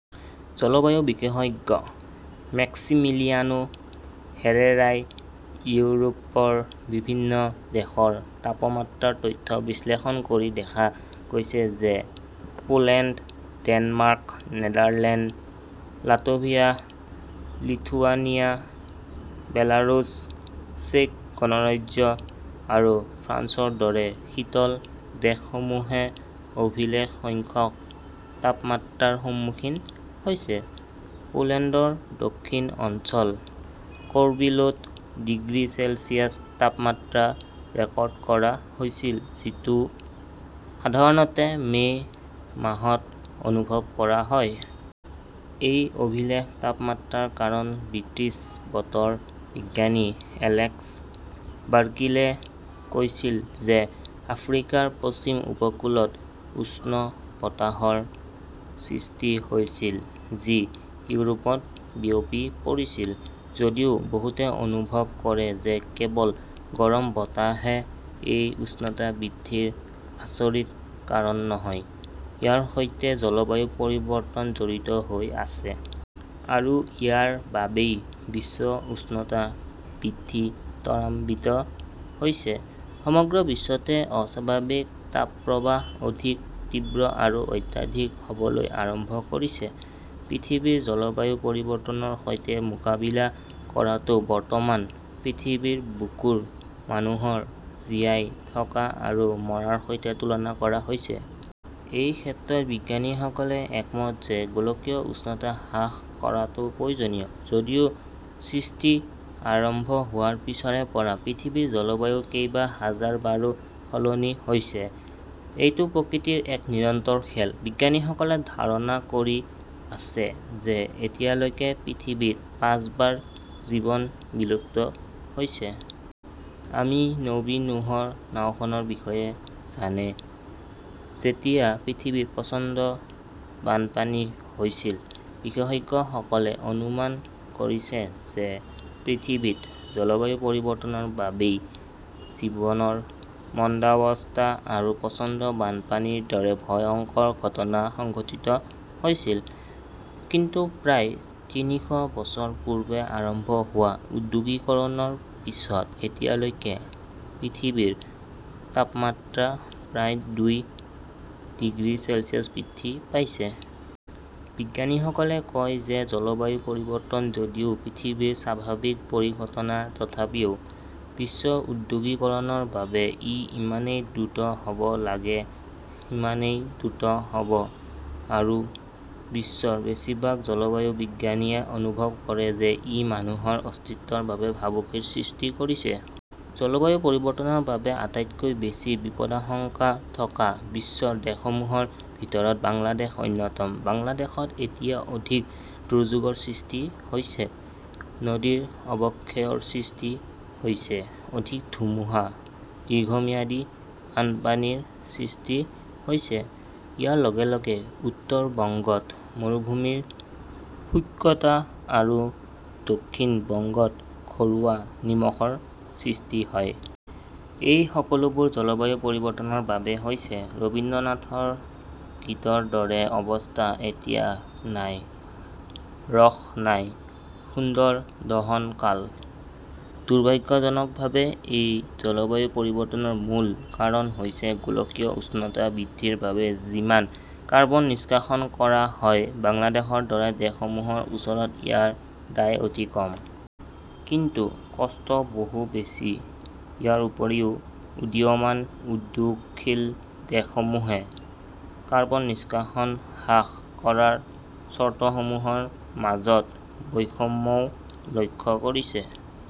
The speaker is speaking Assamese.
জলবায়ু বিশেষজ্ঞ মেক্সিমিলিয়ানো হেৰেৰাই ইউৰোপৰ বিভিন্ন দেশৰ তাপমাত্ৰাৰ তথ্য বিশ্লেষণ কৰি দেখা গৈছে যে Poland, Denmark, Netherland, Latvia, Lithuania, Belarus, চেক গণৰাজ্য আৰু ফ্ৰান্সৰ দৰে শীতল দেশসমূহে অভিলেখ সংখ্যক তাপমাত্ৰাৰ সন্মুখীন হৈছে। পোলেণ্ডৰ দক্ষিণ অঞ্চল কৰ্বিলোত ডিগ্ৰী চেলছিয়াছ তাপমাত্ৰা ৰেকৰ্ড কৰা হৈছিল যিটো সাধাৰণতে মে মাহত অনুভৱ কৰা হয়। এই অভিলেখ তাপমাত্ৰাৰ কাৰণ ব্ৰিটিছ বতৰ বিজ্ঞানী এলেক্স বাৰ্কিলে কৈছিল যে আফ্ৰিকাৰ পশ্চিম উপকূলত উষ্ণ বতাহৰ সৃষ্টি হৈছিল, যি ইউৰোপত বিয়পি পৰিছিল। যদিও বহুতে অনুভৱ কৰে যে কেৱল গৰম বতাহে এই উষ্ণতা বৃদ্ধিৰ আচৰিত কাৰণ নহয়, ইয়াৰ সৈতে জলবায়ু পৰিৱৰ্তন জড়িত হৈ আছে। আৰু ইয়াৰ বাবেই বিশ্ব উষ্ণতা বৃদ্ধি ত্বৰান্বিত হৈছে। সমগ্ৰ বিশ্বতে অস্বাভাৱিক তাপপ্ৰবাহ অধিক তীব্ৰ আৰু অত্যাধিক হ'বলৈ আৰম্ভ কৰিছে। পৃথিৱীৰ জলবায়ু পৰিৱৰ্তনৰ সৈতে মোকাবিলা কৰাটো বৰ্তমান পৃথিৱীৰ বুকুৰ মানুহৰ জীয়াই থকা আৰু মৰাৰ সৈতে তুলনা কৰা হৈছে। এই ক্ষেত্ৰত বিজ্ঞানীসকলে একমত যে গোলকীয় উষ্ণতা হ্ৰাস কৰাটো প্ৰয়োজনীয়। যদিও সৃষ্টি আৰম্ভ হোৱাৰ পিছৰে পৰা পৃথিৱীৰ জলবায়ু কেইবা হাজাৰবাৰো সলনি হৈছে। এইটো প্ৰকৃতিৰ এক নিৰন্তৰ খেল। বিজ্ঞানীসকলে ধাৰণা কৰি আছে যে এতিয়ালৈকে পৃথিৱীত পাঁচবাৰ জীৱন বিলুপ্ত হৈছে। আমি নবী নূহৰ নাওখনৰ বিষয়ে জানে, যেতিয়া পৃথিৱীত প্ৰচণ্ড বানপানী হৈছিল। বিশেষজ্ঞসকলে অনুমান কৰিছে যে পৃথিৱীত জলবায়ুৰ পৰিৱৰ্তনৰ বাবেই জীৱনৰ মন্দাৱস্থা আৰু প্ৰচণ্ড বানপানীৰ দৰে ভয়ংকৰ ঘটনা সংঘটিত হৈছিল। কিন্তু প্ৰায় তিনিশ বছৰ পূৰ্বে আৰম্ভ হোৱা ঔদ্যোগিকৰণৰ পিছত এতিয়ালৈকে পৃথিৱীৰ তাপমাত্ৰা প্ৰায় দুই ডিগ্ৰী চেলছিয়াছ বৃদ্ধি পাইছে। বিজ্ঞানীসকলে কয় যে জলবায়ু পৰিৱৰ্তন যদিও পৃথিৱীৰ স্বাভাৱিক পৰিঘটনা, তথাপিও বিশ্ব ঔদ্যোগিকৰণৰ বাবে ই যিমানেই দ্ৰুত হ'ব লাগে সিমানেই দ্ৰুত হ'ব আৰু বিশ্বৰ বেছিভাগ জলবায়ু বিজ্ঞানীয়ে অনুভৱ কৰে যে ই মানুহৰ অস্তিত্বৰ বাবে ভাবুকিৰ সৃষ্টি কৰিছে। জলবায়ু পৰিৱৰ্তনৰ বাবে আটাইতকৈ বেছি বিপদাশংকা থকা বিশ্বৰ দেশসমূহৰ ভিতৰত বাংলাদেশ অন্যতম। বাংলাদেশত এতিয়া অধিক দুৰ্যোগৰ সৃষ্টি হৈছে, নদীৰ অৱক্ষয়ৰ সৃষ্টি হৈছে, অধিক ধুমুহা, দীৰ্ঘম্যাদী বানপানীৰ সৃষ্টি হৈছে। ইয়াৰ লগে লগে উত্তৰ বংগত মৰুভূমিৰ শুষ্কতা আৰু দক্ষিণ বংগত ঘৰুৱা নিমখৰ সৃষ্টি হয়। এই সকলোবোৰ জলবায়ু পৰিৱৰ্তনৰ বাবে হৈছে। ৰবীন্দ্ৰনাথৰ গীতৰ দৰে অৱস্থা এতিয়া-'নাই ৰস নাই, সুন্দৰ দহন কাল।' দুৰ্ভাগ্যজনকভাৱে, এই জলবায়ু পৰিৱৰ্তনৰ মূল কাৰণ হৈছে গোলকীয় উষ্ণতা বৃদ্ধিৰ বাবে যিমান কাৰ্বন নিষ্কাশন কৰা হয়, বাংলাদেশৰ দৰে দেশসমূহৰ ওচৰত ইয়াৰ দায় অতি কম। কিন্তু কষ্ট বহু বেছি। ইয়াৰ উপৰিও, উদীয়মান উদ্যোগশীল দেশসমূহে কাৰ্বন নিষ্কাশন হ্ৰাস কৰাৰ চৰ্তসমূহৰ মাজত বৈষম্যও লক্ষ্য কৰিছে।